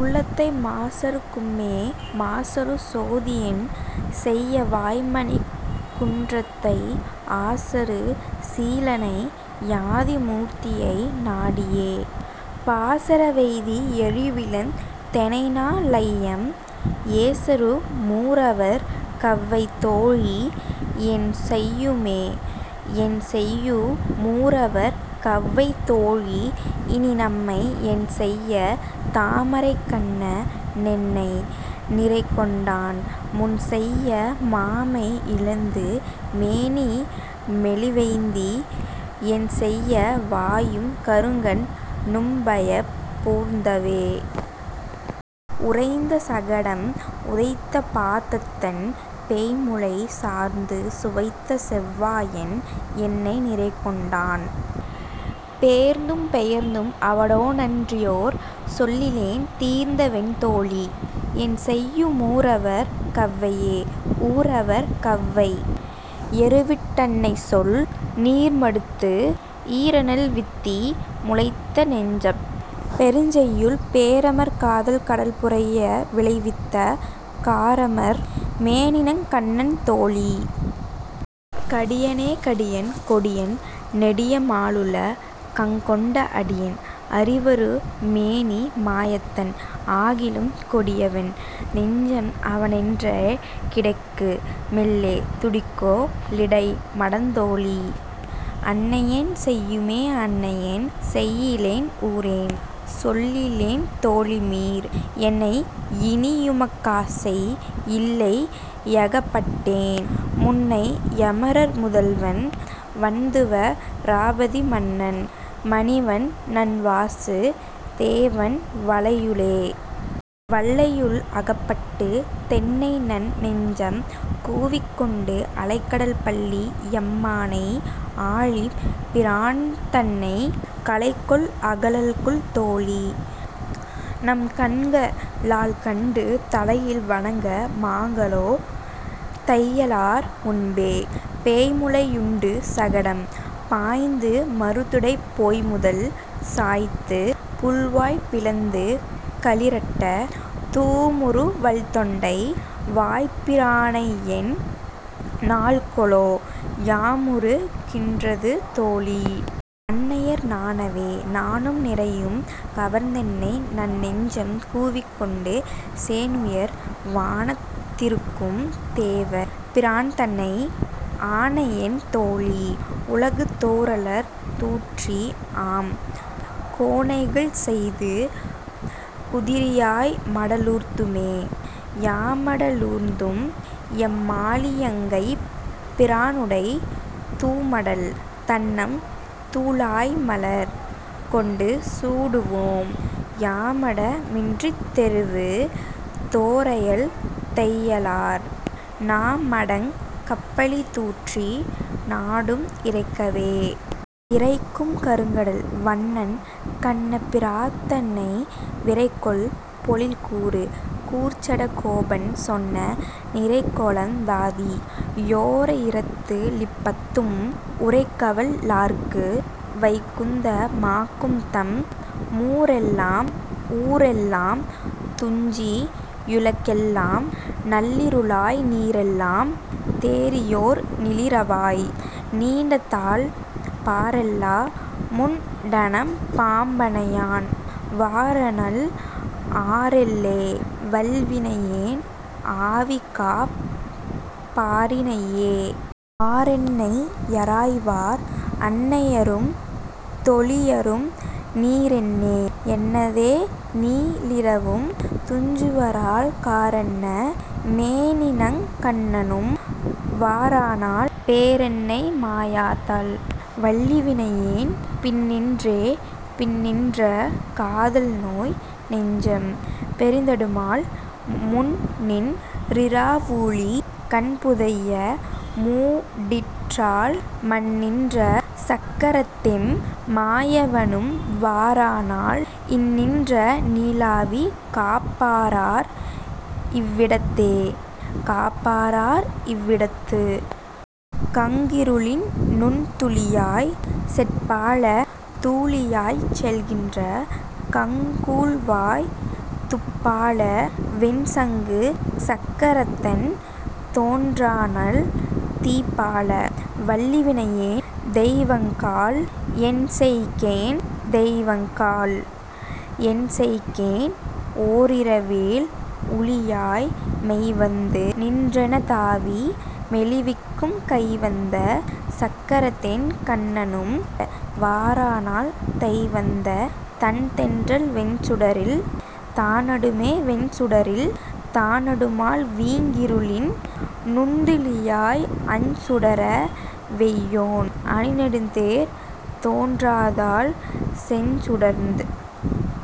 உள்ளத்தை மாசறுக் கும்மே. மாசறு சோதியென் செய்ய வாய்மணிக் குன்றத்தை ஆசறு சீலனை யாதி மூர்த்தியை நாடியே, பாசற வெய்தி யறிவிழந் தெனைநா ளையம்?, ஏசறு மூரவர் கவ்வை தோழீ. என்செய்யுமே?. என்செய்யு மூரவர் கவ்வை தோழீ. இனிநம்மை, என்செய்ய தாமரைக் கண்ண னென்னை நிறைகொண்டான், முன்செய்ய மாமை யிழந்து மேனி மெலிவெய்தி, என்செய்ய வாயும் கருங்கண் ணும்பயப் பூர்ந்தவே.. உரைந்த சகடம் உதைத்தபாதத்தன், பேய்முலை சார்ந்து சுவைத்த செவ்வாயன் என்னை நிறைகொண்டான், பேர்ந்தும் பெயர்ந்தும் அவனோடன்றியோர் சொல்லிலேன், தீர்ந்தவென் தோழீ. என்செய்யு மூரவர் கவ்வையே?. ஊரவர் கவ்வை யெருவிட்டன்னைசொல் நீர்மடுத்து, ஈரநெல் வித்தி முளைத்த நெஞ்சப் பெருஞ்செய்யுள், பேரமர் காதல் கடல்புரைய விளைவித்த, காரமர் மேனிநங் கண்ணன் தோழீ. கடியனே.. கடியன் கொடியன் நெடியமாலுல கங்கொண்ட அடியன், அறிவரு மேனிமாயத்தன், ஆகிலும் கொடியவென் னெஞ்சம் அவனென்றே கிடக்கு மெல்லே, துடிகொ ளிடைமடத் தோழீ. அன்னையென் செய்யுமே?. அன்னையென் செய்யிலென் ஊரென் சொல்லிலென் தோழிமீர், என்னை யினியுமக் காசை யில்லை யகப்பட்டேன், முன்னை யமரர் முதல்வன் வண்துவ ராபதி மன்னன், மணிவண் ணன்வாசு தேவன் வலையுளே.. வலையுள் அகப்பட்டுத் தென்னைநன் நெஞ்சம் கூவிக்கொண்டு, அலைகடல் பள்ளி யம்மானை ஆழிப் பிரான்தன்னை கலைகொள் அகலல்குல் தோழீ. நம்கண்க ளால்கண்டு தலையில் வணங்க மாங்கொலோ தையலார் முன்பே?. பேய்முலை யுண்டு சகடம் பாய்ந்து மருதிடைப் போய்முதல் சாய்த்து, புள்வாய் பிளந்து களிறட்ட, தூமுறு வல்தொண்டை, வாய்ப்பிரானையெந் நாள்கொலோ, யாமுறு கின்றது தோழீ. அன்னையர் நாணவே?. நாணும் நிறையும் கவர்ந்தென்னை நன்னெஞ்சம் கூவிக்கொண்டு, சேணுயர் வானத் திருக்கும் தேவ பிரான்தன்னை, ஆணையென் தோழீ. உலகு தோறலர் தூற்றி, ஆம் கோணைகள் செய்து குதிரியாய் மடலூர்துமே.. யாமட லூர்ந்தும் எம்மாழியங்கைப் பிரானுடை, தூமடல் தண்ணம் துழாய்மலர் கொண்டு சூடுவோம், யாமட மின்றித் தெருவு தோறயல் தையலார், நாமடங் கப்பழி தூற்றி நாடும் இரைக்கவே. இரைக்கும் கருங்கடல் வண்ணன் கண்ணபிரான்தன்னை, விரைக்கொள் பொழில்குரு கூர்ச்சட கோபன் சொன்ன, நிரைக்கொளந் தாதி யோரா யிரத்து ளிப்பத்தும், உரைக்கவல் லார்க்கு வைகுந்த மாகும்தம் மூரெல்லாம். ஊரெல்லாம் துஞ்சி யுலகெல்லாம் நள்ளிருளாய், நீரெல்லாம் தேறியோர் நீளிரவாய் நீண்டதால், பாரெல்லா முண்டநம் பாம்பணையான் வாரானால், ஆரெல்லே. வல்வினையேன் ஆவிகாப் பாரினையே?. ஆரென்னை யாராய்வார்? அன்னையரும் தோழியரும், நீரென்னே? என்னாதே நீளிரவும் துஞ்சுவரால், காரன்ன மேனிநங் கண்ணனும் வாரானால், பேரென்னை மாயாதால் வல்வினையேன் பின்நின்றே.. பின்நின்ற காதல்நோய் நெஞ்சம் பெரிதடுமால், முன்நின் றிராவூழி கண்புதைய மூடிற்றால், மன்னின்ற சக்கரத்தெம் மாயவனும் வாரானால், இந்நின்ற நீளாவி காப்பாரார் இவ்விடத்தே?. காப்பாரார் இவ்விடத்து? கங்கிருளின் நுண்துளியாய், சேட்பால தூழியாய்ச் செல்கின்ற கங்குல்வாய், தூப்பால வெண்சங்கு சக்கரத்தன் தோன்றானால், தீப்பால வல்லிவினையேன் தெய்வங்காள். என்செய்கேன்?. தெய்வங்காள். என்செய்கேன்? ஓரிரவேழ் ஊழியாய், மெய்வந்து நின்றென தாவி மெலிவிக்கும் கைவந்த சக்கரதென் கண்ணனும் வாரானால், தைவந்த தண்தென்றல் வெஞ்சுடரில் தானடுமே.. வெஞ்சுடரில் தானடுமால் வீங்கிருளின் நுண்துளியாய், அஞ்சுடர வெய்யோன் அணிநெடுந்தேர் தோன்றாதால், செஞ்சுடர்த்